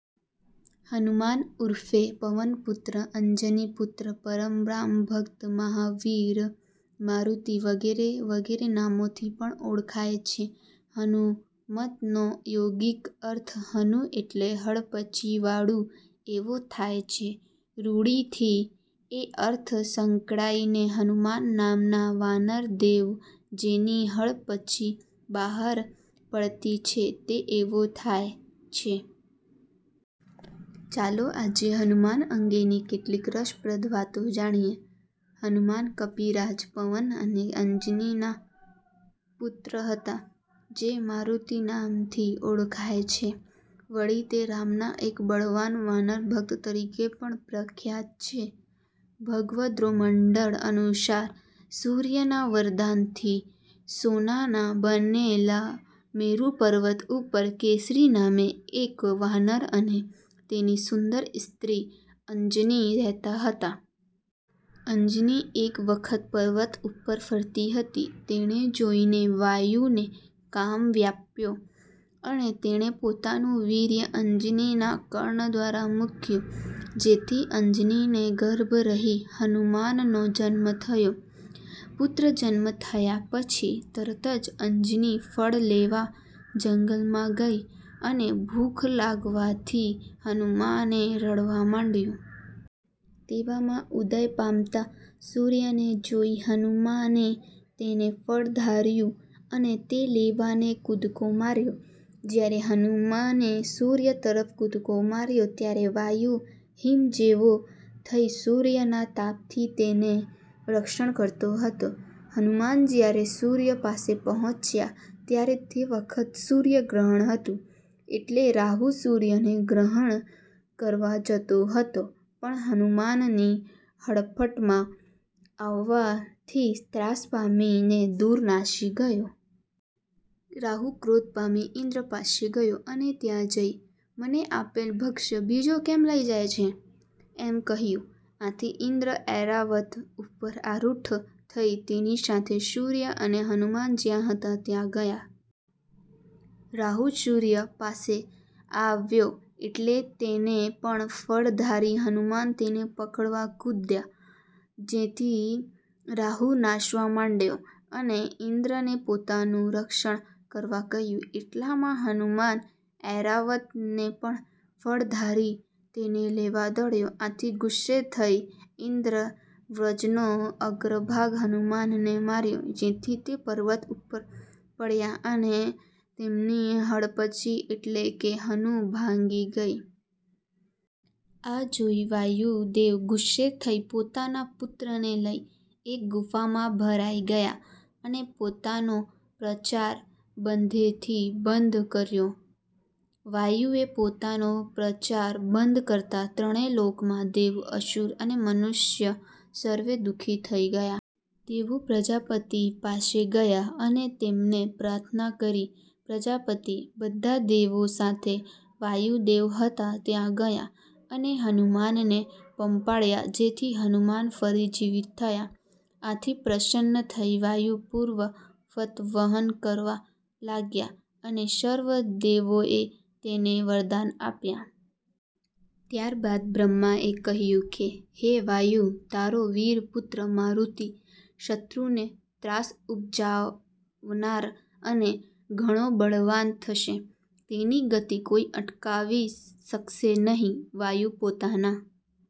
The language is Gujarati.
હનુમાન ઉર્ફે પવનપુત્ર, અંજનીપુત્ર, પરમ રામભક્ત, મહાવીર, મારુતિ વગેરે વગેરે નામોથી પણ ઓળખાય છે. હનુમત્નો યોગિક અર્થ હનુ એટલે હડપચીવાળું એવો થાય છે. રૂઢિથી એ અર્થ સંકડાઈ ને હનુમાન નામના વાનરદેવ, જેની હડપચી બહાર પડતી છે તે એવો થાય છે. ચાલો આજે હનુમાન અંગેની કેટલીક રસપ્રદ વાતો જાણીએ. હનુમાન કપિરાજ પવન અને અંજનીના પુત્ર હતા જે મારુતિ નામથી ઓળખાય છે. વળી તે રામના એક બળવાન વાનર ભક્ત તરીકે પણ પ્રખ્યાત છે. ભગવદ્ગોમંડલ અનુસાર સૂર્યના વરદાનથી સોનાના બનેલા મેરુ પર્વત ઉપર કેસરી નામે એક વાનર અને તેની સુંદર સ્ત્રી અંજની રહેતા હતા. અંજની એક વખત પર્વત ઉપર ફરતી હતી, તેને જોઈને વાયુને કામ વ્યાપ્યો અને તેણે પોતાનું વીર્ય અંજનીના કર્ણ દ્વારા મૂક્યું જેથી અંજનીને ગર્ભ રહી હનુમાનનો જન્મ થયો. પુત્રજન્મ થયા પછી તરત જ અંજની ફળ લેવા જંગલમાં ગઈ અને ભૂખ લાગવાથી હનુમાને રડવા માંંડ્યું. તેવામાં ઉદય પામતા સૂર્યને જોઈ હનુમાને તેને ફળ ધાર્યું અને તે લેવાને કૂદકો માર્યો. જ્યારે હનુમાને સૂર્ય તરફ કૂદકો માર્યો ત્યારે વાયુ હિમ જેવો થઈ સૂર્યના તાપથી તેનું રક્ષણ કરતો હતો. હનુમાન જ્યારે સૂર્ય પાસે પહોંચ્યા ત્યારે તે વખતે સૂર્યગ્રહણ હતું એટલે રાહુ સૂર્યને ગ્રહણ કરવા જતો હતો પણ હનુમાનની હડફટમાં આવવાથી ત્રાસ પામીને દૂર નાસી ગયો. રાહુ ક્રોધ પામી ઇન્દ્ર પાસે ગયો અને ત્યાં જઈ 'મને આપેલ ભક્ષ્ય બીજો કેમ લઈ જાય છે? ' એમ કહ્યું. આથી ઇન્દ્ર ઐરાવત ઉપર આરુઢ થઈ તેની સાથે સૂર્ય અને હનુમાન જ્યાં હતા ત્યાં ગયા. રાહુ સૂર્ય પાસે આવ્યો એટલે તેને પણ ફળ ધારી હનુમાન તેને પકડવા કૂદ્યા જેથી રાહુ નાસવા માંડ્યો અને ઇન્દ્રને પોતાનું રક્ષણ કરવા કહ્યું. એટલામાં હનુમાન ઐરાવતને પણ ફળ ધારી તેને લેવા દોડ્યા. આથી ગુસ્સે થઈ ઇન્દ્રે વજ્રનો અગ્રભાગ હનુમાનને માર્યો જેથી તે પર્વત ઉપર પડ્યા અને તેમની હડપચી એટલે કે હનુ ભાંગી ગઈ. આ જોઈ વાયુદેવ ગુસ્સે થઈ પોતાના પુત્રને લઈ એક ગુફામાં ભરાઈ ગયા અને પોતાનો પ્રચાર બધેથી બંધ કર્યો. વાયુએ પોતાનો પ્રચાર બંધ કરતા ત્રણે લોકમાં દેવ, અસુર અને મનુષ્ય સર્વે દુખી થઈ ગયા. દેવો પ્રજાપતિ પાસે ગયા અને તેમને પ્રાર્થના કરી. પ્રજાપતિ બધા દેવો સાથે વાયુદેવ હતા ત્યાં ગયા અને હનુમાનને પંપાળ્યા જેથી હનુમાન ફરી જીવિત થયા. આથી પ્રસન્ન થઈ વાયુ પૂર્વવત વહન કરવા લાગ્યા અને સર્વ દેવોએ તેને વરદાન આપ્યા. ત્યારબાદ બ્રહ્માએ કહ્યું કે, 'હે વાયુ! તારો વીરપુત્ર મારુતિ શત્રુને ત્રાસ ઉપજાવનાર અને ઘણો બળવાન થશે; તેની ગતિ કોઈ અટકાવી શકશે નહિ. ' વાયુ પોતાના